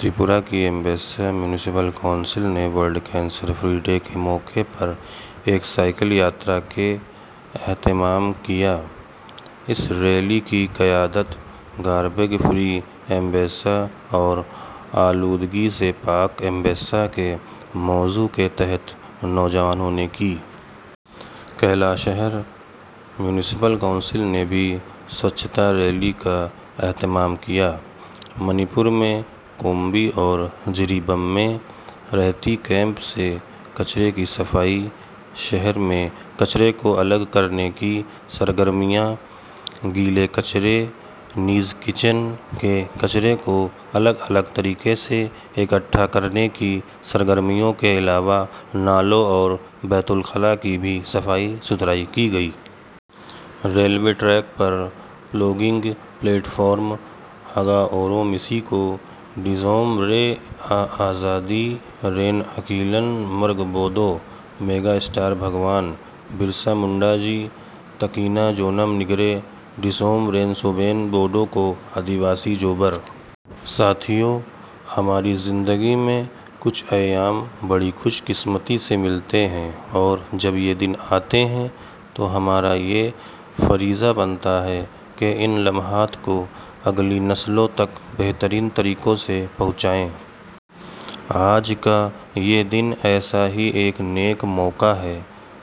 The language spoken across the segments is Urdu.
تریپورہ کی امباسا میونسپل کونسل نے ورلڈ کیئر فری ڈے کے موقع پر ایک سائیکل یاترا کا اہتمام کیا۔ اس ریلی کی قیادت ’گاربیج فری امباسا‘ اور ’آلودگی سے پاک امباسا‘ کے موضوع کے تحت نوجوانوں نے کی۔ کیلاش ہر میونسپل کونسل نے بھی سوچھتا ریلی کا اہتمام کیا۔ منی پور میں کمبی اور جری بام میں راحتی کیمپ سے کچرے کی صفائی، شہر میں کچرے کو الگ کرنے کی سرگرمیاں، گیلے کچرے نیز کچن کے کچرے کو الگ الگ طریقے سے اکٹھا کرنے کی سرگرمیوں کے علاوہ نالوں اور بیت الخلاء کی بھی صفائی ستھرائی کی گئی۔ ریلوے ٹریک پر پلگنگ، پلیٹ فارم... ہاگا اوڑو میسی کو، دیسوم رے آ آزادی رین اکیلان مارگ ہوڑو، میگا اسٹار بھگوان برسا منڈا جی، تاکینا جونوم نیگرے، دیسوم رین سوبین ہوڑو کو، آدی باسی جوہار۔ ساتھیو! ہماری زندگی میں کچھ ایام بڑی خوش قسمتی سے ملتے ہیں اور جب یہ دن آتے ہیں تو ہمارا یہ فریضہ بنتا ہے کہ ان لمحات کو اگلی نسلوں تک بہترین طریقوں سے پہنچائیں۔ آج کا یہ دن ایسا ہی ایک نیک موقع ہے۔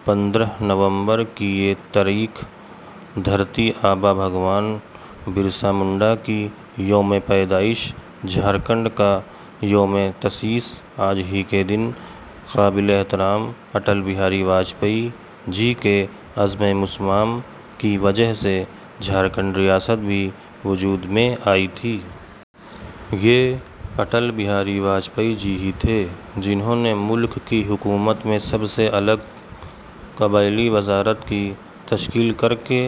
پندرہ نومبر کی یہ تاریخ! دھرتی آبا بھگوان برسا منڈا کی یومِ پیدائش! جھارکھنڈ کا یومِ تاسیس! آج ہی کے دن قابلِ احترام اٹل بہاری واجپئی جی کے عزمِ مصمم کی وجہ سے جھارکھنڈ ریاست بھی وجود میں آئی تھی۔ یہ اٹل بہاری واجپئی جی ہی تھے، جنہوں نے ملک کی حکومت میں سب سے الگ قبائلی وزارت کی تشکیل کرکے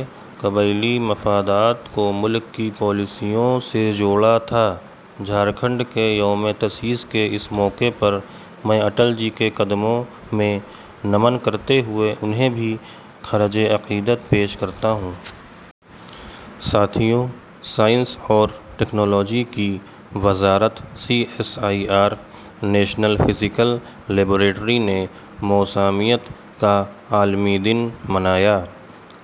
قبائلی مفادات کو ملک کی پالیسیوں سے جوڑا تھا۔ جھارکھنڈ کے یومِ تاسیس کے اس موقع پر میں اٹل جی کے قدموں میں نمن کرتے ہوئے انہیں بھی خراجِ عقیدت پیش کرتا ہوں۔ ساتھیو! سائنس اور ٹیکنالوجی کی وزارت C S I R national physical laboratory نے موسمیات کا عالمی دن منایا۔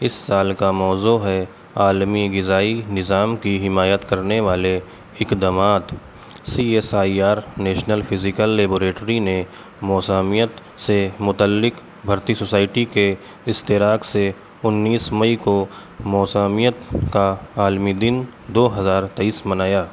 اس سال کا موضوع ہے، "عالمی غذائی نظام کی حمایت کرنے والے اقدامات"۔ C S I R national physical laboratory نے موسمیات سے متعلق بھارتی سوسائٹی کے اشتراک سے انیس مئی کو موسمیات کا عالمی دن دو ہزار تئیس منایا۔